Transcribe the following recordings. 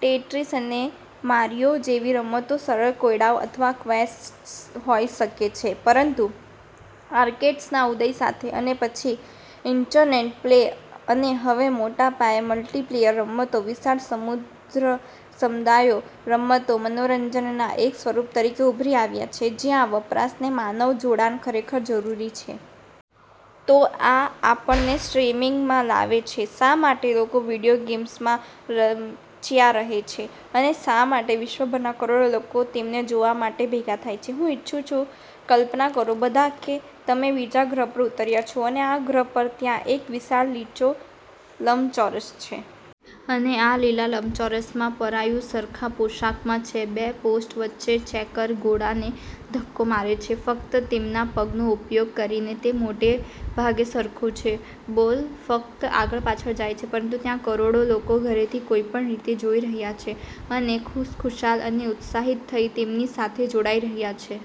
Tetris અને "Mario" જેવી રમતો સરળ કોયડાઓ અથવા ક્વેસ્ટ્સ હોઈ શકે છે પરંતુ આર્કેડ્સના ઉદય સાથે અને પછી ઇન્ટરનેટ પ્લે, અને હવે મોટા પાયે મલ્ટિપ્લેયર રમતો વિશાળ, સમૃદ્ધ સમુદાયો, રમતો મનોરંજનના એક સ્વરૂપ તરીકે ઉભરી આવ્યા છે જ્યાં વપરાશને માનવ જોડાણ ખરેખર જરૂરી છે. તો આ આપણને સ્ટ્રીમિંગમાં લાવે છે. શા માટે લોકો વિડિઓ ગેમ્સમા રચ્યા રહે છે? અને શા માટે વિશ્વભરના કરોડો લોકો તેમને જોવા માટે ભેગા થાય છે? હું ઇચ્છું છું કલ્પના કરો બધા કે તમે બીજા ગ્રહ પર ઉતર્યા છો અને આ ગ્રહ પર ત્યાં એક વિશાળ લીજો લંબચોરસ છે. અને આ લીલા લંબચોરસમાં પરાયું સરખા પોશાકમાં છે. બે પોસ્ટ વચ્ચે ચેકર ગોળાને ધક્કો મારે છે ફક્ત તેમના પગનો ઉપયોગ કરીને. તે મોટેભાગે સરખું છે, બોલ ફક્ત આગળ-પાછળ જાય છે. પરંતુ ત્યાં કરોડો લોકો ઘરેથી કોઈપણ રીતે જોઈ રહ્યાં છે, અને ખુશખુશાલ અને ઉત્સાહિત થઈ તેમની સાથે જોડાઈ રહ્યા છે.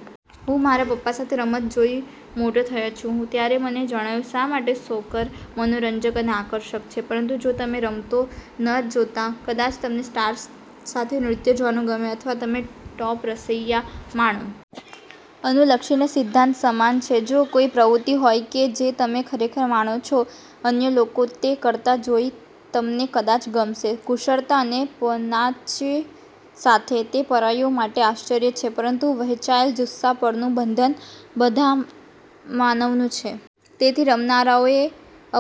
હું મારા પપ્પા સાથે રમત જોઈ મોટો થયો છું. ત્યારે મને જણાયું શા માટે સોકર મનોરંજક અને આકર્ષક છે. પરંતુ જો તમે રમતો ન જોતા, કદાચ તમને "સ્ટાર્સ સાથે નૃત્ય" જોવાનું ગમે અથવા તમે "ટોપ રસોઇયા" માણો. અનુલક્ષીને સિદ્ધાંત સમાન છે. જો કોઈ પ્રવૃત્તિ હોય કે જે તમે ખરેખર માણો છો, અન્ય લોકો તે કરતા જોઈ તમેને કદાચ ગમશે કુશળતા અને પનાચે સાથે. તે પરાયું માટે આશ્ચર્ય છે પરંતુ વહેંચાયેલ જુસ્સા પરનું બંધન બધા માનવનું છે. તેથી રમનારાઓ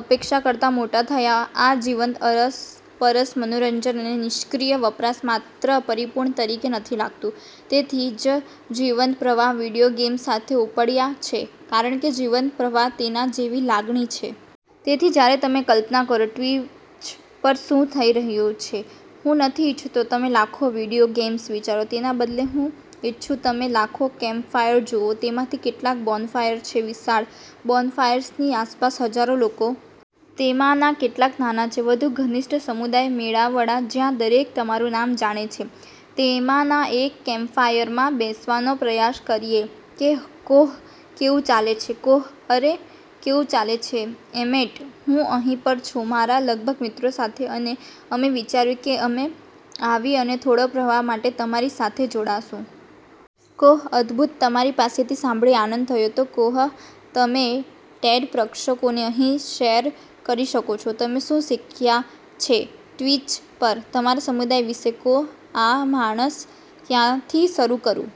અપેક્ષા કરતા મોટા થયા આ જીવંત, અરસપરસ મનોરંજન, અને નિષ્ક્રિય વપરાશ માત્ર પરિપૂર્ણ તરીકે નથી લાગતું. તેથી જ જીવંત પ્રવાહ વિડિઓ ગેમ્સ સાથે ઉપડ્યા છે કારણ કે જીવંત પ્રવાહ તેના જેવી લાગણી છે. તેથી જ્યારે તમે કલ્પના કરો ટ્વિચ પર શું થઈ રહ્યું છે, હું નથી ઇચ્છતો તમે લાખો વિડિઓ ગેમ્સ વિચારો. તેના બદલે, હું ઇચ્છુ તમે લાખો કેમ્પફાયર જોવો. તેમાંથી કેટલાક બોનફાયર છે વિશાળ, બોનફાયર્સની આસપાસ હજારો લોકો. તેમાંના કેટલાક નાના છે, વધુ ઘનિષ્ઠ સમુદાય મેળાવડા જ્યાં દરેક તમારું નામ જાણે છે. તેમાંના એક કેમ્પફાયરમા બેસવાનો પ્રયાસ કરીએ હે કોહ, કેવું ચાલે છે? કોહ: અરે, કેવું ચાલે છે, એમેટ? હું અહીં પર છું મારા લગભગ મિત્રો સાથે અને અમે વિચાર્યું કે અમે આવી અને થોડો પ્રવાહ માટે તમારી સાથે જોડાશું. કોહ: અદ્ભુત! તમારી પાસેથી સાંભળી આનંદ થયો. તો કોહહ, તમે ટેડ પ્રેક્ષકોને અહી શેર કરી શકો છો. તમે શું શીખ્યા છે ટ્વિચ પર તમારા સમુદાય વિશે? કોહ: આહ, માણસ, ક્યાંથી શરૂ કરું?